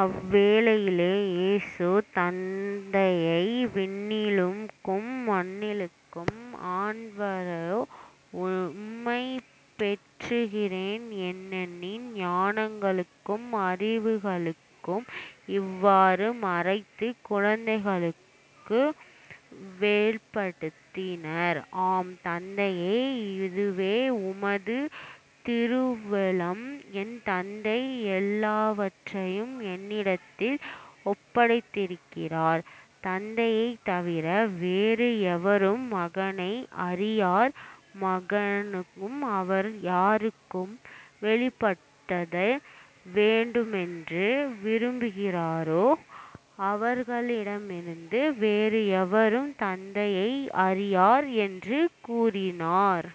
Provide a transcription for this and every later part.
அவ்வேளையில் இயேசு தந்தையே விண்ணுக்கும் மண்ணுக்கும் ஆண்டவரே உம்மைப் போற்றுகிறேன். ஏனெனில் ஞானிகளுக்கும் அறிஞர்களுக்கும் இவற்றை மறைத்துக் குழந்தைகளுக்கு வெளிப்படுத்தினீர். ஆம் தந்தையே இதுவே உமது திருவுளம். என் தந்தை எல்லாவற்றையும் என்னிடத்தில் ஒப்படைத்திருக்கிறார். தந்தையைத் தவிர வேறு எவரும் மகனை அறியார் மகனும் அவர் யாருக்கு வெளிப்படுத்த வேண்டுமென்று விரும்புகிறாரோ அவருமன்றி வேறு எவரும் தந்தையை அறியார் என்று கூறினார்.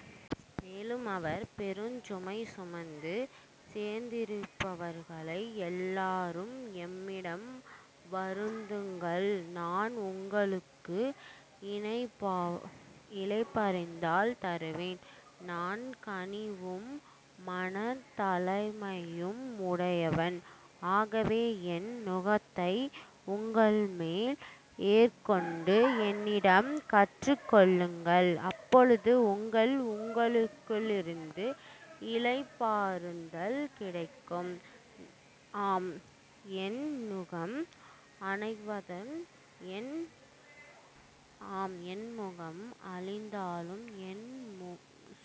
மேலும் அவர் பெருஞ்சுமை சுமந்து சோர்ந்திருப்பவர்களே எல்லாரும் என்னிடம் வாருங்கள் நான் உங்களுக்கு இளைப்பாறுதல் தருவேன். நான் கனிவும் மனத்தாழ்மையும் உடையவன். ஆகவே என் நுகத்தை உங்கள்மேல் ஏற்றுக்கொண்டு என்னிடம் கற்றுக்கொள்ளுங்கள். அப்பொழுது உங்கள் உள்ளத்திற்கு இளைப்பாறுதல் கிடைக்கும். ஆம் என் நுகம் அழுத்தாது என்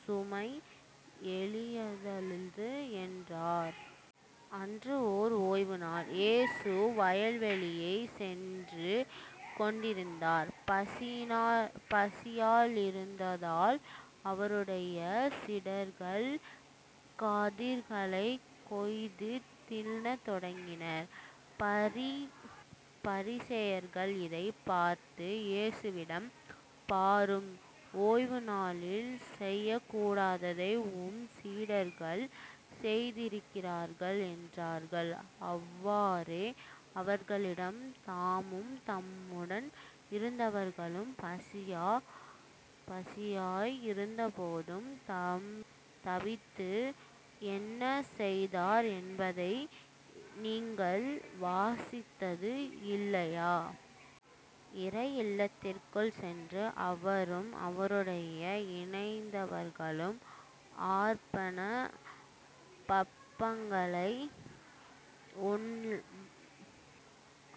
சுமை எளிதாயுள்ளது என்றார். அன்று ஓர் ஓய்வுநாள். இயேசு வயல்வழியே சென்று கொண்டிருந்தார். பசியாயிருந்ததால் அவருடைய சீடர்கள் கதிர்களைக் கொய்து தின்னத் தொடங்கினார். பரிசேயர்கள் இதைப் பார்த்து இயேசுவிடம் பாரும் ஓய்வு நாளில் செய்யக்கூடாததை உம் சீடர்கள் செய்கிறார்கள் என்றார்கள். அவரோ அவர்களிடமும் தாமும் தம்முடன் இருந்தவர்களும் பசியாய் இருந்தபோது தாவீது என்ன செய்தார் என்பதை நீங்கள் வாசித்தது இல்லையா? இறை இல்லத்திற்குள் சென்று அவரும் அவரோடு இருந்தவர்களும் அர்ப்பண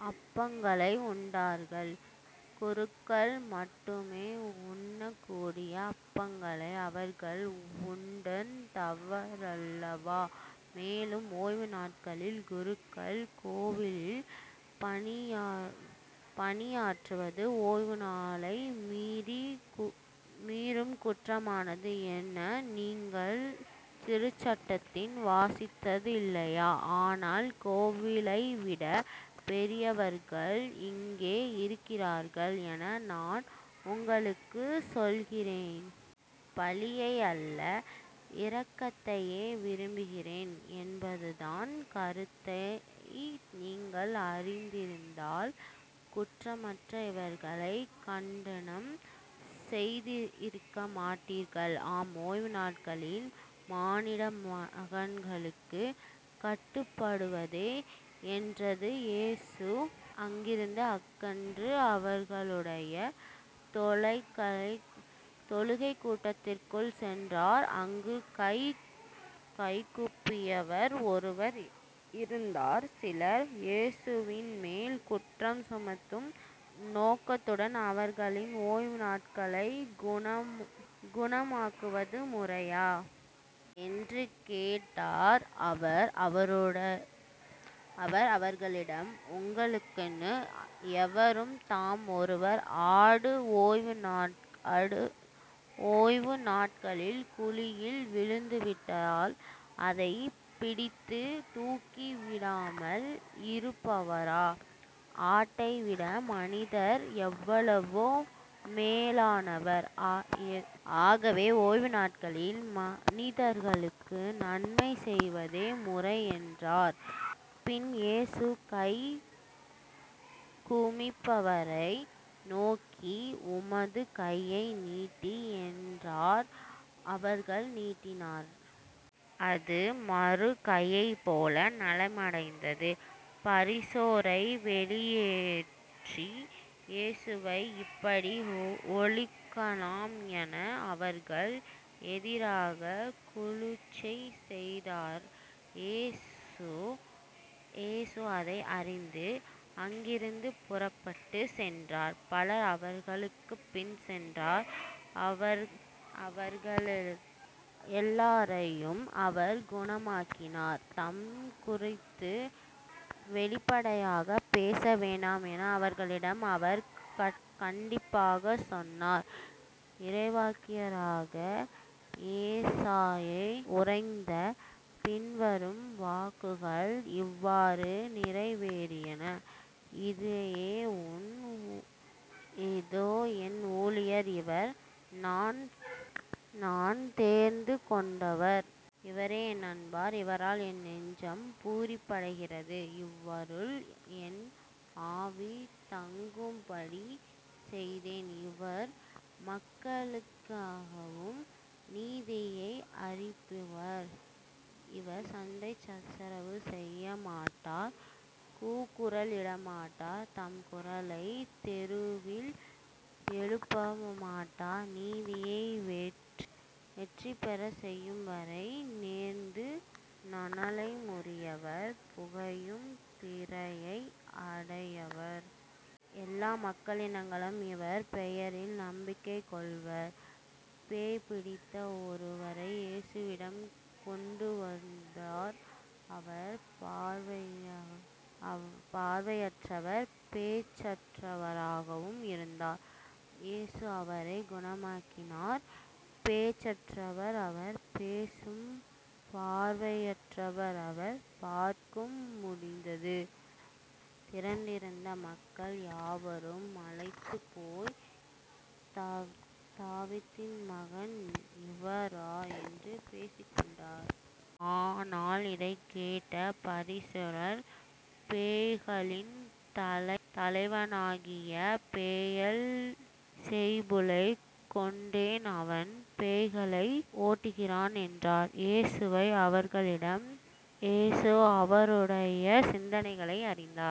அப்பங்களை உண்டார்கள். குருக்கள் மட்டுமே உண்ணக்கூடிய அப்பங்களை அவர்கள் உண்டது தவறல்லவா? மேலும் ஓய்வு நாள்களில் குருக்கள் கோவிலில் பணியாற்றுவது ஓய்வுநாளை மீறும் குற்றமாகாது என நீங்கள் திருச்சட்டத்தில் வாசித்ததில்லையா? ஆனால் கோவிலைவிடப் பெரியவர் இங்கே இருக்கிறார் என நான் உங்களுக்குச் சொல்லுகிறேன். பலியை அல்ல இரக்கத்தையே விரும்புகிறேன் என்பதன் கருத்தை நீங்கள் அறிந்திருந்தால் குற்றமற்ற இவர்களைக் கண்டனம் செய்திருக்கமாட்டீர்கள் ஆம் ஓய்வு நாளும் மானிட மகனுக்குக் கட்டுப்பட்டதே என்றார் இயேசு அங்கிருந்து அகன்று அவர்களுடைய தொழுகைக்கூடத்திற்குள் சென்றார் அங்கே கை சூம்பியவர் ஒருவர் இருந்தார் சிலர் இயேசுவின்மேல் குற்றம் சுமத்தும் நோக்குடன் அவரிடம் ஓய்வுநாளில் குணமாக்குவது முறையா? என்று கேட்டனர். அவர் அவர்களிடம் உங்களுள் எவரும் தம் ஒரே ஆடு ஓய்வு நாளில் குழியில் விழுந்துவிட்டால் அதைப் பிடித்துத் தூக்கி விடாமல் இருப்பாரா? ஆட்டைவிட மனிதர் எவ்வளவோ மேலானவர் ஆகவே ஓய்வுநாளில் மனிதருக்கு நன்மை செய்வதே முறை என்றார். பின்பு இயேசு கை சூம்பியவரை நோக்கி உமது கையை நீட்டும் என்றார் அவர் நீட்டினார். அது மறு கையைப் போல நலமடைந்தது. பரிசேயரோ வெளியேறி இயேசுவை எப்படி ஒழிக்கலாம் என அவருக்கு எதிராகச் சூழ்ச்சி செய்தனர் இயேசு அதை அறிந்து அங்கிருந்து புறப்பட்டுச் சென்றார் பலர் அவருக்குப்பின் சென்றனர். அவர்களெல்லாரையும் அவர் குணமாக்கினார். தம்மைக் குறித்து வெளிப்படையாகப் பேச வேண்டாம் என அவர்களிடம் அவர் கண்டிப்பாகச் சொன்னார் இறைவாக்கினராகிய எசாயா உரைத்த பின்வரும் வாக்குகள் இவ்வாறு நிறைவேறின இதோ என் ஊழியர் இவர் நான் தேர்ந்துகொண்டவர். இவரே என் அன்பர் இவரால் என் நெஞ்சம் பூரிப்படைகிறது இவருள் என் ஆவி தங்கும்படி செய்தேன் இவர் மக்களினங்களுக்கு நீதியை அறிவிப்பார். இவர் சண்டை சச்சரவு செய்யமாட்டார் கூக்குரலிடமாட்டார் தம் குரலைத் தெருவில் எழுப்பவுமாட்டார் நீதியை வெற்றி பெறச் செய்யும்வரை நெரிந்த நாணலை முறியார் புகையும் திரியை அணையார். எல்லா மக்களினங்களும் இவர் பெயரில் நம்பிக்கை கொள்வர். பேய்பிடித்த ஒருவரை இயேசுவிடம் கொண்டுவந்தனர். அவர் பார்வையற்றவரும் பேச்சற்றவருமாக இருந்தார். இயேசு அவரைக் குணமாக்கினார். பேச்சற்ற அவர் பேசவும் பார்வையற்ற அவர் பார்க்கவும் முடிந்தது. திரண்டிருந்த மக்கள் யாவரும் மலைத்துப் போய், தாவீதின் மகன் இவரோ? என்று பேசிக்கொண்டனர். ஆனால் இதைக் கேட்ட பரிசேயர் பேய்களின் தலைவனாகிய பெயல்செபூலைக் கொண்டே அவன் பேய்களை ஓட்டுகிறான் என்றனர். இயேசு அவர்களுடைய சிந்தனைகளை அறிந்து